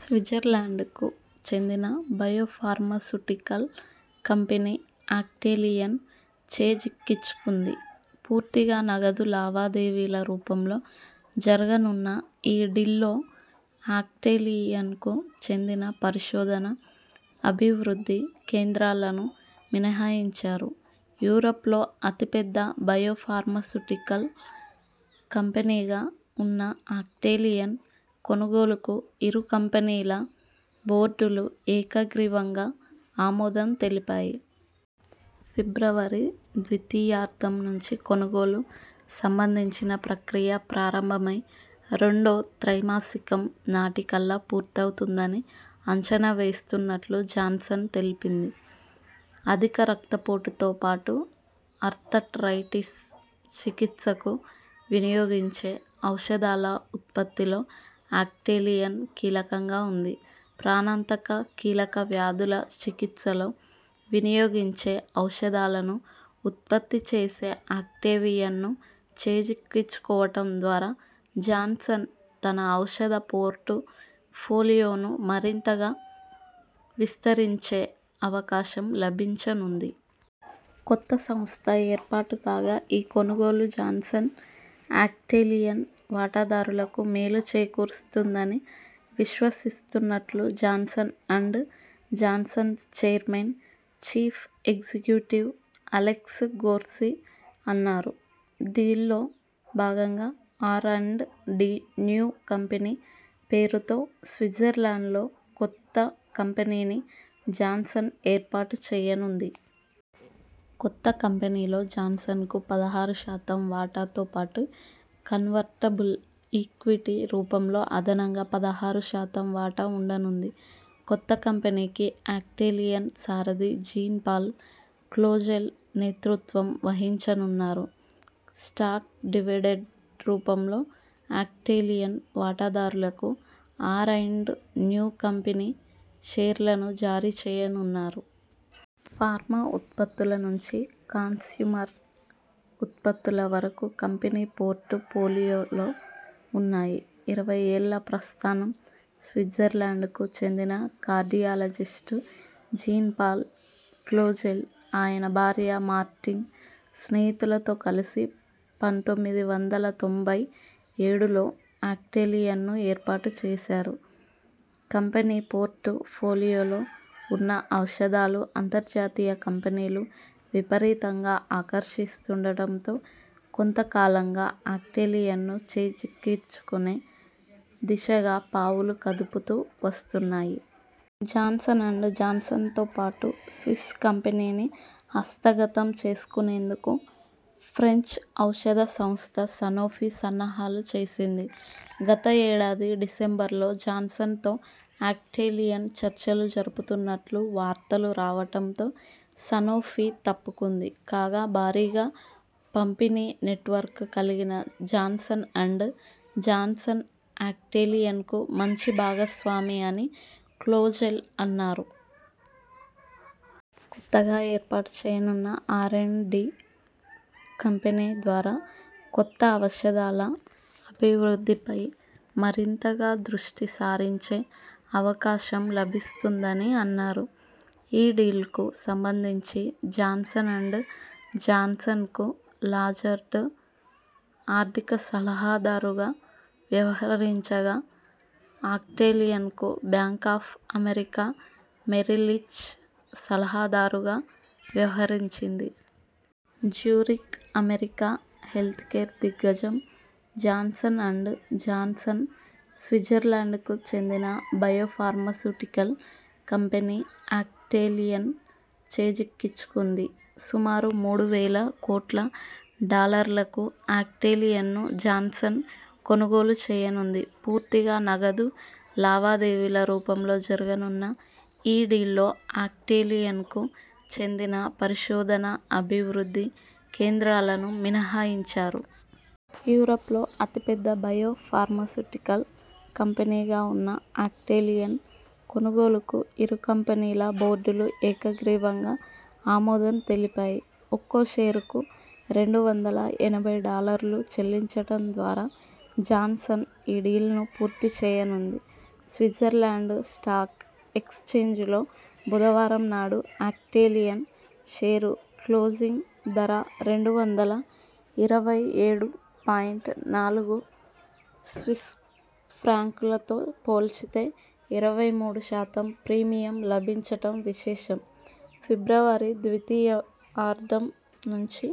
స్విట్జర్లాండ్కు చెందిన biopharmaceutical company Actelion చేజిక్కించుకుంది. పూర్తిగా నగదు లావాదేవీల రూపంలో జరగనున్న ఈ డీల్లో అక్టేలియన్కు చెందిన పరిశోధన, అభివృద్ధి కేంద్రాలను మినహాయించారు. యూరప్లో అతిపెద్ద బయో ఫార్మాస్యుటి కల్ కంపెనీగా ఉన్న అక్టేలియన్ కొనుగోలుకు ఇరు కంపెనీల బోర్డులు ఏకగ్రీవంగా ఆమోదం తెలిపాయి. ఫిబ్రవరి ద్వితీయార్థం నుంచి కొనుగోలు సంబంధించిన ప్రక్రియ ప్రారంభమై రెండో త్రైమాసికం నాటికల్లా పూర్తవుతుందని అంచనా వేస్తున్నట్లు జాన్సన్ తెలిపింది. అధిక రక్తపోటుతో పాటు ఆర్థరైటిస్ చికిత్సకు వినియోగించే ఔషధాల ఉత్పత్తిలో అక్టేలియన్ కీలకంగా ఉంది. ప్రాణాంతక, కీలక వ్యాధుల చికిత్సలో వినియోగించే ఔషధాలను ఉత్పత్తి చేసే అక్టేవియన్ను చేజిక్కించుకోవటం ద్వారా జాన్సన్ తన ఔషధ పోర్టు ఫోలియోను మరింతగా విస్తరించే అవకాశం లభించనుంది. కొత్త సంస్థ ఏర్పాటు కాగా ఈ కొనుగోలు జాన్సన్, అక్టేలియన్ వాటాదారులకు మేలు చేకూరుస్తుందని విశ్వసిస్తున్నట్లు Johnson and Johnson chairman, chief executive Alex Gorsky అన్నారు. డీల్లో భాగంగా R and D new company పేరుతో స్విట్జర్లాండ్లో కొత్త కంపెనీని జాన్సన్ ఏర్పాటు చేయనుంది. కొత్త కంపెనీలో జాన్సన్కు పదహారు శాతం వాటాతో పాటు కన్వర్టబుల్ ఈక్విటీ రూపంలో అదనంగా పదహారు శాతం వాటా ఉండనుంది. కొత్త కంపెనీకి అక్టేలియన్ సారథి జీన్ పాల్ క్లోజెల్ నేతృత్వం వహించనున్నారు. స్టాక్ డివిడెండ్ రూపంలో అక్టేలియన్ వాటాదారులకు ఆర్ అండ్ న్యూ కంపెనీ షేర్లను జారీ చేయనున్నారు. ఫార్మా ఉత్పత్తుల నుంచి కన్స్యూమర్ ఉత్పత్తుల వరకు కంపెనీ పోర్టు ఫోలియోలో ఉన్నాయి. ఇరవై ఏళ్ల ప్రస్థానం స్విట్జర్లాండ్కు చెందిన కార్డియాలజిస్ట్ జీన్ పాల్ క్లోజెల్, ఆయన భార్య మార్టిన్, స్నేహితులతో కలిసి పంతొమ్మిది వందల తొంభై ఏడులో అక్టేలియన్ను ఏర్పాటు చేశారు. కంపెనీ పోర్టు ఫోలియోలో ఉన్న ఔషధాలు అంతర్జాతీయ కంపెనీలు విపరీతంగా ఆకర్షిస్తుండటంతో కొంతకాలంగా అక్టేలియన్ను చేజిక్కించునే దిశగా పావులు కదుపుతూ వస్తున్నాయి. జాన్సన్ అండ్ జాన్సన్తో పాటు స్విస్ కంపెనీని హస్తగతం చేసుకునేందుకు ఫ్రెంచ్ ఔషధ సంస్థ సనోఫి సన్నాహాలు చేసింది. గత ఏడాది డిసెంబరులో జాన్సన్తో అక్టేలియన్ చర్చలు జరుపుతున్నట్లు వార్తలు రావటంతో సనోఫి తప్పుకుంది. కాగా భారీగా పంపిణీ నెట్వర్క్ కలిగిన జాన్సన్ అండ్ జాన్సన్ అక్టేలియన్కు మంచి భాగస్వామి అని క్లోజెల్ అన్నారు. కొత్తగా ఏర్పాటు చేయనున్న ఆర్ అండ్ డి కంపెనీ ద్వారా కొత్త ఔషధాల అభివృద్ధిపై మరింతగా దృష్టి సారించే అవకాశం లభిస్తుందని అన్నారు. ఈ డీల్కు సంబంధించి జాన్సన్ అండ్ జాన్సన్కు లజార్డ్ ఆర్థిక సలహాదారుగా వ్యవహరించగా అక్టేలియన్కు బ్యాంక్ ఆఫ్ అమెరికా మెరిల్లించ్ సలహాదారుగా వ్యవహరించింది. జ్యూరిక్ అమెరికా హెల్త్కేర్ దిగ్గజం జాన్సన్ అండ్ జాన్సన్ స్విట్జర్లాండ్కు చెందిన బయో ఫార్మాసుటికల్ కంపెనీ అక్టేలియన్ చేజిక్కించుకుంది. సుమారు మూడు వేల కోట్ల డాలర్ల కు అక్టేలియన్ను జాన్సన్ కొనుగోలు చేయనుంది. పూర్తిగా నగదు లావాదేవీల రూపంలో జరగనున్న ఈ డీల్లో అక్టేలియన్కు చెందిన పరిశోధన, అభివృద్ధి కేంద్రాలను మినహాయించారు. యూరప్లో అతిపెద్ద బయో ఫార్మాస్యుటికల్ కంపెనీగా ఉన్న అక్టేలియన్ కొనుగోలుకు ఇరు కంపెనీల బోర్డులు ఏకగ్రీవంగా ఆమోదం తెలిపాయి. ఒక్కో షేరుకు రెండు వందల ఎనభై డాలర్లు చెల్లించటం ద్వారా జాన్సన్ ఈ డీల్ను పూర్తి చేయనుంది. స్విట్జర్లాండ్ స్టాక్ ఎక్స్ఛేంజ్లో బుధవారం నాడు అక్టేలియన్ షేరు క్లోజింగ్ ధర రెండు వందల ఇరవై ఏడు పాయింట్ నాలుగు స్విస్ ఫ్రాంకులతో పోల్చితే ఇరవై మూడు శాతం ప్రీమియం లభించటం విశేషం. ఫిబ్రవరి ద్వితీయార్థం నుంచి